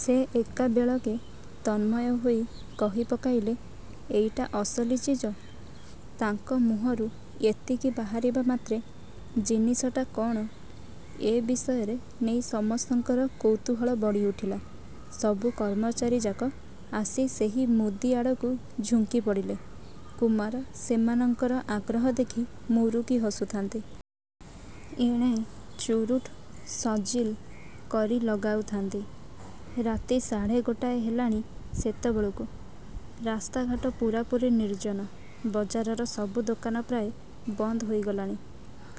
ସେ ଏକାବେଳକେ ତନ୍ମୟ ହୋଇ କହି ପକାଇଲେ-''ଏଇଟା ଅସଲି ଚିଜ। '' ତାଙ୍କ ମୁହଁରୁ ଏତିକି ବାହାରିବା ମାତ୍ରେ 'ଜିନିଷଟା କଅଣ' ଏ ବିଷୟରେ ନେଇ ସମସ୍ତଙ୍କର କୌତୁହଳ ବଢ଼ି ଉଠିଲା। ସବୁ କର୍ମଚାରୀଯାକ ଆସି ସେହି ମୁଦି ଆଡ଼କୁ ଝୁଙ୍କି ପଡ଼ିଲେ। କୁମାର ସେମାନଙ୍କର ଆଗ୍ରହ ଦେଖି ମୁରୁକି ହସୁଥାନ୍ତି। ଏଣେ ଚୁରୁଟ୍ ସଜିଲ କରି ଲଗାଉଥାନ୍ତି। ରାତି ସାଢ଼େ ଗୋଟାଏ ହେଲାଣି ସେତେବେଳକୁ। ରାସ୍ତାଘାଟ ପୂରାପୂରି ନିର୍ଜନ। ବଜାରର ସବୁ ଦୋକାନ ପ୍ରାୟ ବନ୍ଦ ହୋଇ ଗଲାଣି।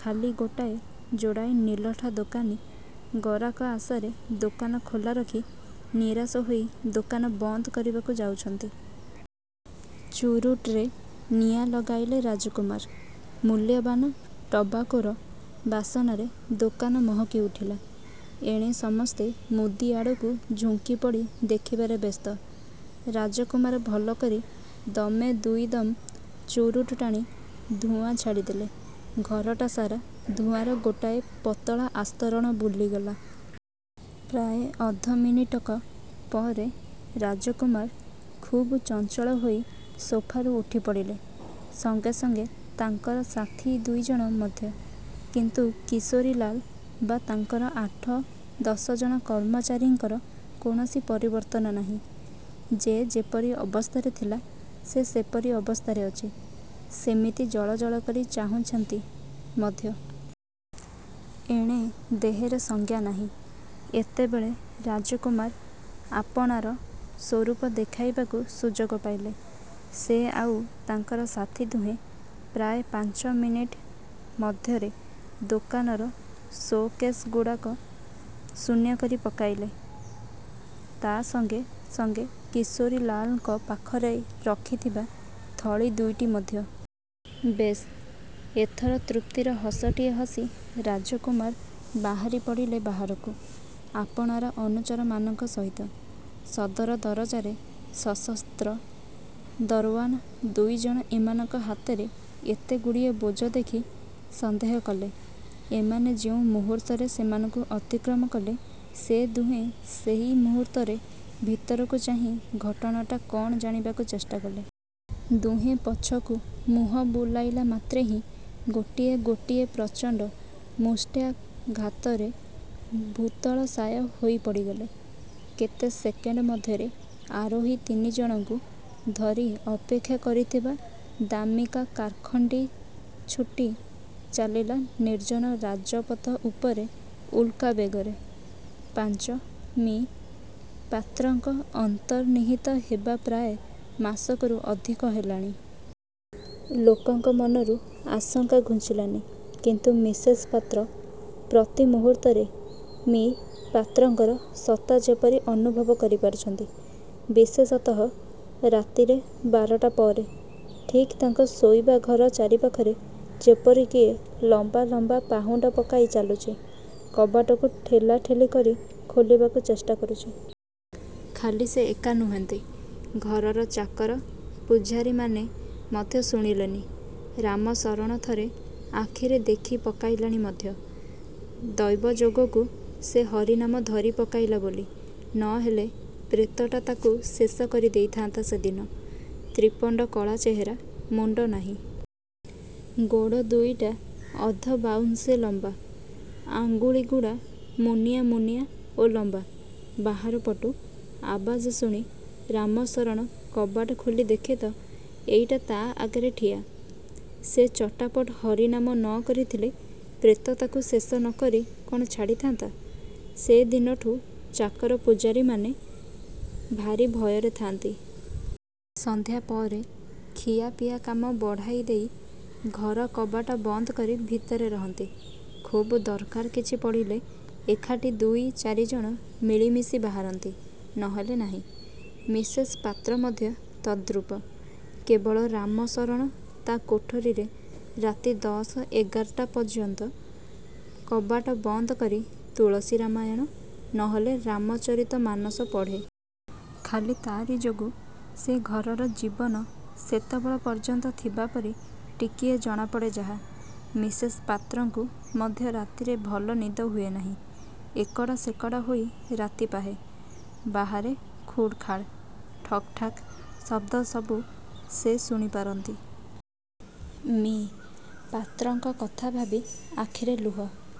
ଖାଲି ଗୋଟାଏ ଯୋଡ଼ାଏ ନିଲଠା ଦୋକାନୀ ଗରାକ ଆଶାରେ ଦୋକାନ ଖୋଲାରଖି ନିରାଶ ହୋଇ ଦୋକାନ ବନ୍ଦ କରିବାକୁ ଯାଉଛନ୍ତି। ଚୁରୁଟ୍ରେ ନିଆଁ ଲଗାଇଲେ ରାଜକୁମାର। ମୂଲ୍ୟବାନ ଟବାକୋର ବାସନାରେ ଦୋକାନ ମହକି ଉଠିଲା। ଏଣେ ସମସ୍ତେ ମୁଦି ଆଡ଼କୁ ଝୁଙ୍କିପଡ଼ି ଦେଖିବାରେ ବ୍ୟସ୍ତ। ରାଜକୁମାର ଭଲକରି ଦମେ ଦୁଇଦମ ଚୁରୁଟ୍ ଟାଣି ଧୂଆଁ ଛାଡ଼ି ଦେଲେ। ଘରଟା ସାରା ଧୂଆଁର ଗୋଟାଏ ପାତଳା ଆସ୍ତରଣ ବୁଲିଗଲା। ପ୍ରାୟ ଅଧମିନିଟକ ପରେ ରାଜକୁମାର ଖୁବ୍ ଚଞ୍ଚଳହୋଇ ସୋଫାରୁ ଉଠିପଡ଼ିଲେ। ସଙ୍ଗେ ସଙ୍ଗେ ତାଙ୍କର ସାଥି ଦୁଇଜଣ ମଧ୍ୟ। କିନ୍ତୁ କିଶୋରୀଲାଲ ବା ତାଙ୍କର ଆଠ ଦଶଜଣ କର୍ମଚାରୀଙ୍କର କୌଣସି ପରିବର୍ତ୍ତନ ନାହିଁ। ଯେ ଯେପରି ଅବସ୍ଥାରେ ଥିଲା, ସେ ସେହିପରି ଅବସ୍ଥାରେ ଅଛି। ସେମିତି ଜଳଜଳ କରି ଚାହିଁଛନ୍ତି ମଧ୍ୟ। ଏଣେ ଦେହରେ ସଜ୍ଞାନାହିଁ। ଏତେବେଳେ ରାଜକୁମାର ଆପଣାର ସ୍ୱରୂପ ଦେଖାଇବାକୁ ସୁଯୋଗ ପାଇଲେ। ସେ ଆଉ ତାଙ୍କର ସାଥି ଦୁହେଁ ପ୍ରାୟ ପାଞ୍ଚ ମିନିଟ ମଧ୍ୟରେ ଦୋକାନର ସୋ କେଶ୍ଗୁଡ଼ାକ ଶୂନ୍ୟ କରି ପକାଇଲେ। ତା' ସଙ୍ଗେ ସଙ୍ଗେ କିଶୋରୀଲାଲଙ୍କ ପାଖରେ ରଖି ଥିବା ଥଳି ଦୁଇଟି ମଧ୍ୟ। ବେଶ୍! ଏଥର ତୃପ୍ତିର ହସଟିଏ ହସି ରାଜକୁମାର ବାହାରି ପଡ଼ିଲେ ବାହାରକୁ, ଆପଣାର ଅନୁଚରମାନଙ୍କ ସହିତ। ସଦର ଦରଜାରେ ସଶସ୍ତ୍ର ଦରଓ୍ୱାନ୍ ଦୁଇଜଣ ଏମାନଙ୍କ ହାତରେ ଏତେଗୁଡ଼ିଏ ବୋଝ ଦେଖି ସନ୍ଦେହ କଲେ। ଏମାନେ ଯେଉଁ ମୁହୂର୍ତ୍ତରେ ସେମାନଙ୍କୁ ଅତିକ୍ରମ କଲେ ସେ ଦୁହେଁ ସେଇ ମୁହୂର୍ତ୍ତରେ ଭିତରକୁ ଚାହିଁ ଘଟଣାଟା କ'ଣ ଜାଣିବାକୁ ଚେଷ୍ଟାକଲେ। ଦୁହେଁ ପଛକୁ ମୁହଁ ବୁଲାଇଲା ମାତ୍ରେହିଁ ଗୋଟିଏ ଗୋଟିଏ ପ୍ରଚଣ୍ଡ ମୁଷ୍ଟ୍ୟାଘାତରେ ଭୂତଳଶାୟ ହୋଇ ପଡ଼ିଗଲେ। କେତେ ସେକେଣ୍ଡ ମଧ୍ୟରେ ଆରୋହୀ ତିନିଜଣଙ୍କୁ ଧରି ଅପେକ୍ଷା କରିଥିବା ଦାମୀକା କାର୍ଖଣ୍ଡି ଛୁଟି ଚାଲିଲା ନିର୍ଜନ ରାଜପଥ ଉପରେ ଉଲ୍କା ବେଗରେ। -ପାଞ୍ଚ- ମି: ପାତ୍ରଙ୍କ ଅନ୍ତର୍ନିହିତ ହେବା ପ୍ରାୟ ମାସକରୁ ଅଧିକ ହେଲାଣି। ଲୋକଙ୍କ ମନରୁ ଆଶଙ୍କା ଘୁଞ୍ଚିଲାଣି। କିନ୍ତୁ ମିସେସ୍ ପାତ୍ର ପ୍ରତିମୁହୂର୍ତ୍ତରେ ମି: ପାତ୍ରଙ୍କର ସତ୍ତା ଯେପରି ଅନୁଭବ କରିପାରୁଛନ୍ତି। ବିଶେଷତଃ ରାତିରେ, ବାରଟା ପରେ। ଠିକ୍ ତାଙ୍କ ଶୋଇବା ଘର ଚାରିପାଖରେ ଯେପରି କିଏ ଲମ୍ବା ଲମ୍ବା ପାହୁଣ୍ଡ ପକାଇ ଚାଲୁଛି। କବାଟକୁ ଠେଲା ଠେଲି କରି ଖୋଲିବାକୁ ଚେଷ୍ଟା କରୁଛି। ଖାଲି ସେ ଏକା ନୁହନ୍ତି; ଘରର ଚାକର ପୁଝାରୀମାନେ ମଧ୍ୟ ଶୁଣିଲେଣି। ରାମଶରଣ ଥରେ ଆଖିରେ ଦେଖି ପକାଇଲାଣି ମଧ୍ୟ। ଦୈବଯୋଗକୁ ସେ ହରିନାମ ଧରି ପକାଇଲା ବୋଲି, ନ ହେଲେ ପ୍ରେତଟା ତାକୁ ଶେଷ କରି ଦେଇଥାନ୍ତା ସେଦିନ। ତ୍ରିପଣ୍ଡକଳା ଚେହେରା। ମୁଣ୍ଡ ନାହିଁ। ଗୋଡ଼ ଦୁଇଟା ଅଧବାଉଁଶେ ଲମ୍ବା। ଆଙ୍ଗୁଳିଗୁଡ଼ା ମୁନିଆଁ ମୁନିଆଁ ଓ ଲମ୍ବା। ବାହାରପଟୁ ଆବାଜ ଶୁଣି ରାମଶରଣ କବାଟ ଖୋଲି ଦେଖେ ତ, ଏଇଟା ତା' ଆଗରେ ଠିଆ! ସେ ଚଟାପଟ୍ ହରିନାମ ନ କରିଥିଲେ ପ୍ରେତ ତାକୁ ଶେଷ ନକରି କ'ଣ ଛାଡ଼ିଥାନ୍ତା? ସେ ଦିନଠୁଁ ଚାକର ପୁଝାରୀମାନେ ଭାରି ଭୟରେ ଥାଆନ୍ତି। ସନ୍ଧ୍ୟା ପରେ ଖିଆ ପିଆ କାମ ବଢ଼ାଇ ଦେଇ ଘର କବାଟ ବନ୍ଦକରି ଭିତରେ ରହନ୍ତି। ଖୁବ୍ ଦରକାର କିଛି ପଡ଼ିଲେ ଏକାଠି ଦୁଇ ଚାରିଜଣ ମିଳି ମିଶି ବାହାରନ୍ତି, ନହେଲେ ନାହିଁ। ମିସେସ୍ ପାତ୍ର ମଧ୍ୟ ତଦ୍ରୂପ। କେବଳ ରାମଶରଣ ତା' କୋଠରୀରେ ରାତି ଦଶ ଏଗାରଟା ପର୍ଯ୍ୟନ୍ତ କବାଟ ବନ୍ଦ କରି ତୁଳସୀ ରାମାୟଣ, ନହେଲେ ରାମଚରିତମାନସ ପଢ଼େ। ଖାଲି ତା'ରି ଯୋଗୁ ସେ ଘରର ଜୀବନ ସେତେବେଳ ପର୍ଯ୍ୟନ୍ତ ଥିବାପରି ଟିକିଏ ଜଣାପଡ଼େ ଯାହା। ମିସେସ୍ ପାତ୍ରଙ୍କୁ ମଧ୍ୟ ରାତିରେ ଭଲ ନିଦ ହୁଏ ନାହିଁ। ଏକଡ଼ ସେକଡ଼ ହୋଇ ରାତି ପାହେ। ବାହାରେ ଖୁଡ଼୍ ଖାଡ଼୍, ଠକ୍ ଠାକ୍ ଶବ୍ଦ ସବୁ ସେ ଶୁଣି ପାରନ୍ତି। ମି: ପାତ୍ରଙ୍କ କଥା ଭାବି ଆଖିରେ ଲୁହ।